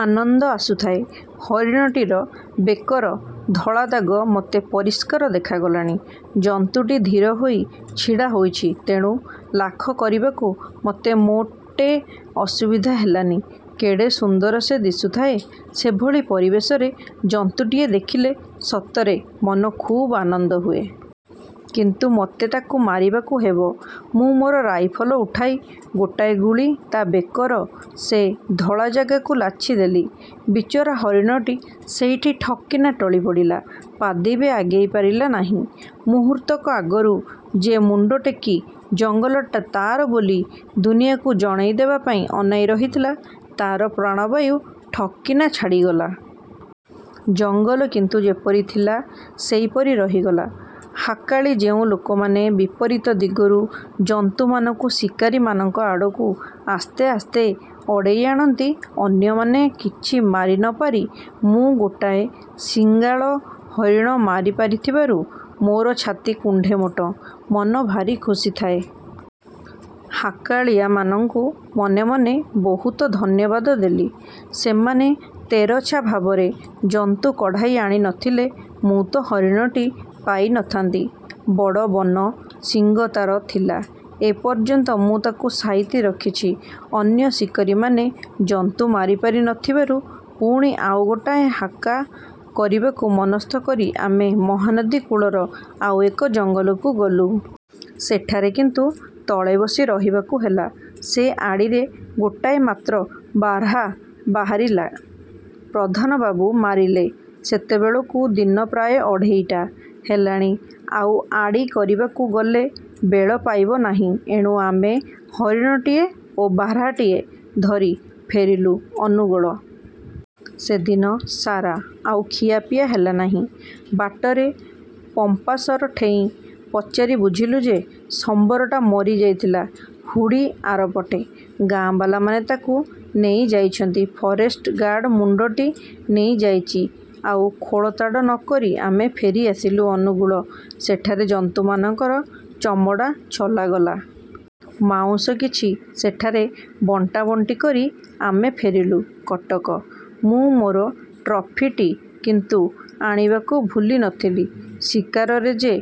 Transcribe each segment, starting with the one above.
ଆନନ୍ଦ ଆସୁଥାଏ। ହରିଣଟିର ବେକର ଧଳା ଦାଗ ମୋତେ ପରିଷ୍କାର ଦେଖାଗଲାଣି। ଜନ୍ତୁଟି ଧୀର ହୋଇ ଛିଡ଼ା ହୋଇଛି। ତେଣୁ ଲାଖ କରିବାକୁ ମୋତେ ମୋଟେ ଅସୁବିଧା ହେଲାନି। କେଡ଼େ ସୁନ୍ଦର ସେ ଦିଶୁଥାଏ। ସେଭଳି ପରିବେଶରେ ଜନ୍ତୁଟିଏ ଦେଖିଲେ ସତରେ ମନ ଖୁବ୍ ଆନନ୍ଦ ହୁଏ। କିନ୍ତୁ ମୋତେ ତାକୁ ମାରିବାକୁ ହେବ। ମୁଁ ମୋର ରାଇଫଲ ଉଠାଇ ଗୋଟାଏ ଗୁଳି ତା' ବେକର ସେ ଧଳା ଜାଗାକୁ ଲାଛି ଦେଲି। ବିଚରା ହରିଣଟି ସେଇଠି ଠକ୍କିନା ଟଳି ପଡ଼ିଲା-ପାଦେବି ଆଗେଇ ପାରିଲା ନାହିଁ। ମୁହୂର୍ତ୍ତକ ଆଗରୁ ଯେ ମୁଣ୍ଡ ଟେକି ଜଙ୍ଗଲଟା ତା'ର ବୋଲି ଦୁନିଆକୁ ଜଣାଇଦେବାପାଇଁ ଅନାଇ ରହିଥିଲା-ତା'ର ପ୍ରାଣବାୟୁ ଠକ୍କିନା ଛାଡ଼ିଗଲା। ଜଙ୍ଗଲ କିନ୍ତୁ ଯେପରି ଥିଲା ସେଇପରି ରହିଗଲା। ହାକାଳି-ଯେଉଁ ଲୋକମାନେ ବିପରୀତ ଦିଗରୁ ଜନ୍ତୁମାନଙ୍କୁ ଶିକାରୀମାନଙ୍କ ଆଡ଼କୁ ଆସ୍ତେ ଆସ୍ତେ ଅଡ଼େଇ ଆଣନ୍ତି। ଅନ୍ୟମାନେ କିଛି ମାରି ନ ପାରି ମୁଁ ଗୋଟାଏ ଶିଙ୍ଗାଳ ହରିଣ ମାରି ପାରିଥିବାରୁ ମୋର ଛାତି କୁଣ୍ଢେ ମୋଟ। ମନ ଭାରି ଖୁସି ଥାଏ। ହାକାଳିଆମାନଙ୍କୁ ମନେ ମନେ ବହୁତ ଧନ୍ୟବାଦ ଦେଲି। ସେମାନେ ତେରଛା ଭାବରେ ଜନ୍ତୁ କଢ଼ାଇ ଆଣିନଥିଲେ ମୁଁ ତ ହରିଣଟି ପାଇ ନଥାନ୍ତି! ବଡ଼ ବନ ଶିଙ୍ଗ ତା'ର ଥିଲା-ଏ ପର୍ଯ୍ୟନ୍ତ ମୁଁ ତାକୁ ସାଇତି ରଖିଛି। ଅନ୍ୟ ଶିକାରୀମାନେ ଜନ୍ତୁ ମାରିପାରିନଥିବାରୁ ପୁଣି ଆଉ ଗୋଟାଏ ହାକା କରିବାକୁ ମନସ୍ଥ କରି ଆମେ ମହାନଦୀ କୂଳର ଆଉ ଏକ ଜଙ୍ଗଲକୁ ଗଲୁ। ସେଠାରେ କିନ୍ତୁ ତଳେ ବସି ରହିବାକୁ ହେଲା। ସେ ଆଡ଼ିରେ ଗୋଟାଏ ମାତ୍ର ବାର୍ହା ବାହାରିଲା। ପ୍ରଧାନବାବୁ ମାରିଲେ। ସେତେବେଳକୁ ଦିନ ପ୍ରାୟ ଅଢ଼େଇଟା ହେଲାଣି। ଆଉ ଆଡ଼ି କରିବାକୁ ଗଲେ ବେଳ ପାଇବ ନାହିଁ। ଏଣୁ ଆମେ ହରିଣଟିଏ ଓ ବାର୍ହାଟିଏ ଧରି ଫେରିଲୁ ଅନୁଗୁଳ। ସେଦିନ ସାରା ଆଉ ଖିଆପିଆ ହେଲା ନାହିଁ। ବାଟରେ ପମ୍ପାସର ଠେଇଁ ପଚାରି ବୁଝିଲୁ ଯେ ସମ୍ୱରଟା ମରିଯାଇଥିଲା ହୁଡ଼ି ଆରପଟେ। ଗାଁ ବାଲାମାନେ ତାକୁ ନେଇଯାଇଛନ୍ତି। ଫରେଷ୍ଟ ଗାର୍ଡ଼ ମୁଣ୍ଡଟି ନେଇଯାଇଚି। ଆଉ ଖୋଳତାଡ଼ ନକରି ଆମେ ଫେରି ଆସିଲୁ ଅନୁଗୁଳ। ସେଠାରେ ଜନ୍ତୁମାନଙ୍କର ଚମଡ଼ା ଛଲା ଗଲା। ମାଉଁସ କିଛି ସେଠାରେ ବଣ୍ଟାବଣ୍ଟି କରି ଆମେ ଫେରିଲୁ କଟକ। ମୁଁ ମୋର 'ଟ୍ରଫି' ଟି କିନ୍ତୁ ଆଣିବାକୁ ଭୁଲି ନଥିଲି। ଶିକାରରେ ଯେ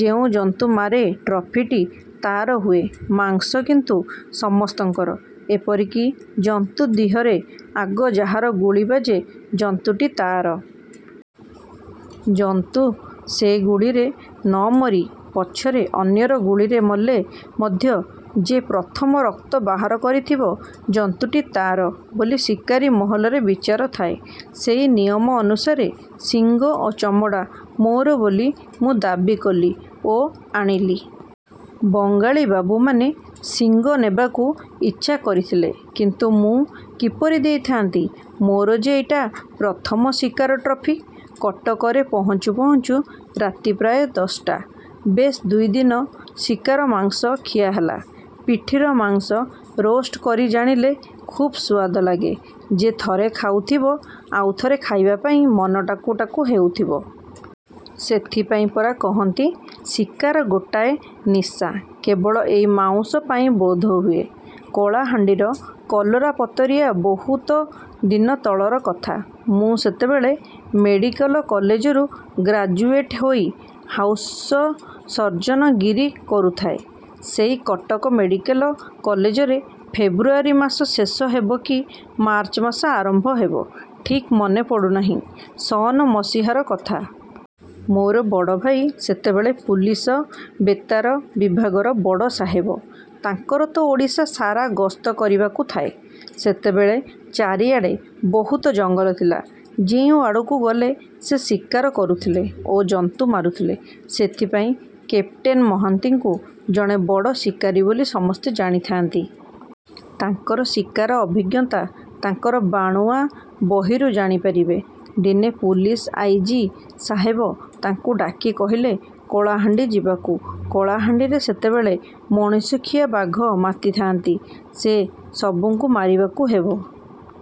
ଯେଉଁ ଜନ୍ତୁ ମାରେ 'ଟ୍ରଫି' ଟି ତା'ର ହୁଏ-ମାଂସ କିନ୍ତୁ ସମସ୍ତଙ୍କର-ଏପରିକି ଜନ୍ତୁ ଦିହରେ ଆଗ ଯାହାର ଗୁଳି ବାଜେ ଜନ୍ତୁଟି ତା'ର। ଜନ୍ତୁ ସେ ଗୁଳିରେ ନମରି ପଛରେ ଅନ୍ୟର ଗୁଳିରେ ମଲେ ମଧ୍ୟ ଯେ ପ୍ରଥମ ରକ୍ତ ବାହାର କରିଥିବ ଜନ୍ତୁଟି ତା'ର ବୋଲି ଶିକାରୀ ମହଲରେ ବିଚାର ଥାଏ। ସେଇ ନିୟମ ଅନୁସାରେ ଶିଙ୍ଗ ଓ ଚମଡ଼ା ମୋର ବୋଲି ମୁଁ ଦାବି କଲି ଓ ଆଣିଲି। ବଙ୍ଗାଳିବାବୁମାନେ ଶିଙ୍ଗ ନେବାକୁ ଇଚ୍ଛା କରିଥିଲେ-କିନ୍ତୁ ମୁଁ କିପରି ଦେଇଥାନ୍ତି-ମୋର ଯେ ଏଇଟା ପ୍ରଥମ ଶିକାର ଟ୍ରଫି! କଟକରେ ପହଞ୍ଚୁ ପହଞ୍ଚୁ ରାତି ପ୍ରାୟ ଦଶଟା। ବେଶ୍ ଦୁଇଦିନ ଶିକାର ମାଂସ ଖିଆହେଲା। ପିଠିର ମାଂସ ରୋଷ୍ଟ କରିଜାଣିଲେ ଖୁବ୍ ସୁଆଦ ଲାଗେ। ଯେ ଥରେ ଖାଉଥିବ ଆଉ ଥରେ ଖଇବା ପାଇଁ ମନ ଟାକୁ ଟାକୁ ହେଉଥିବ। ସେଥିପାଇଁ ପରା କହନ୍ତି ଶିକାର ଗୋଟାଏ ନିଶା-କେବଳ ଏଇ ମାଉଁସ ପାଇଁ ବୋଧହୁଏ। କଳାହାଣ୍ଡିର କଲରାପତରିଆ ବହୁତ ଦିନ ତଳର କଥା। ମୁଁ ସେତେବେଳେ ମେଡ଼ିକେଲ କଲେଜରୁ ଗ୍ରାଜୁଏଟ୍ ହୋଇ ହାଉସସର୍ଜନ-ଗିରି କରୁଥାଏ ସେଇ କଟକ ମେଡ଼ିକେଲ କଲେଜରେ। ଫେବୃଆରି ମାସ ଶେଷ ହେବ କି ମାର୍ଚ୍ଚ ମାସ ଆରମ୍ଭ ହେବ ଠିକ୍ ମନେ ପଡ଼ୁନାହିଁ-ସନ ମସିହାର କଥା। ମୋର ବଡ଼ ଭାଇ ସେତେବେଳେ ପୁଲିସ ବେତାର ବିଭାଗର ବଡ଼ ସାହେବ। ତାଙ୍କର ତ ଓଡ଼ିଶା ସାରା ଗସ୍ତ କରିବାକୁ ଥାଏ। ସେତେବେଳେ ଚାରିଆଡ଼େ ବହୁତ ଜଙ୍ଗଲ ଥିଲା। ଯେଉଁଆଡ଼କୁ ଗଲେ ସେ ଶିକାର କରୁଥିଲେ ଓ ଜନ୍ତୁ ମାରୁଥିଲେ। ସେଥିପାଇଁ କେପ୍ଟେନ ମହାନ୍ତିଙ୍କୁ ଜଣେ ବଡ଼ ଶିକାରୀ ବୋଲି ସମସ୍ତେ ଜାଣିଥାନ୍ତି। ତାଙ୍କର ଶିକାର ଅଭିଜ୍ଞତା ତାଙ୍କର 'ବାଣୁଆ' ବହିରୁ ଜାଣିପାରିବେ। ଦିନେ ପୁଲିସ ଆଇ. ଜି ସାହେବ ତାଙ୍କୁ ଡାକି କହିଲେ କଳାହାଣ୍ଡି ଯିବାକୁ। କଳାହାଣ୍ଡିରେ ସେତେବେଳେ ମଣିଷଖିଆ ବାଘ ମାତିଥାନ୍ତି। ସେ ସବୁଙ୍କୁ ମାରିବାକୁ ହେବ।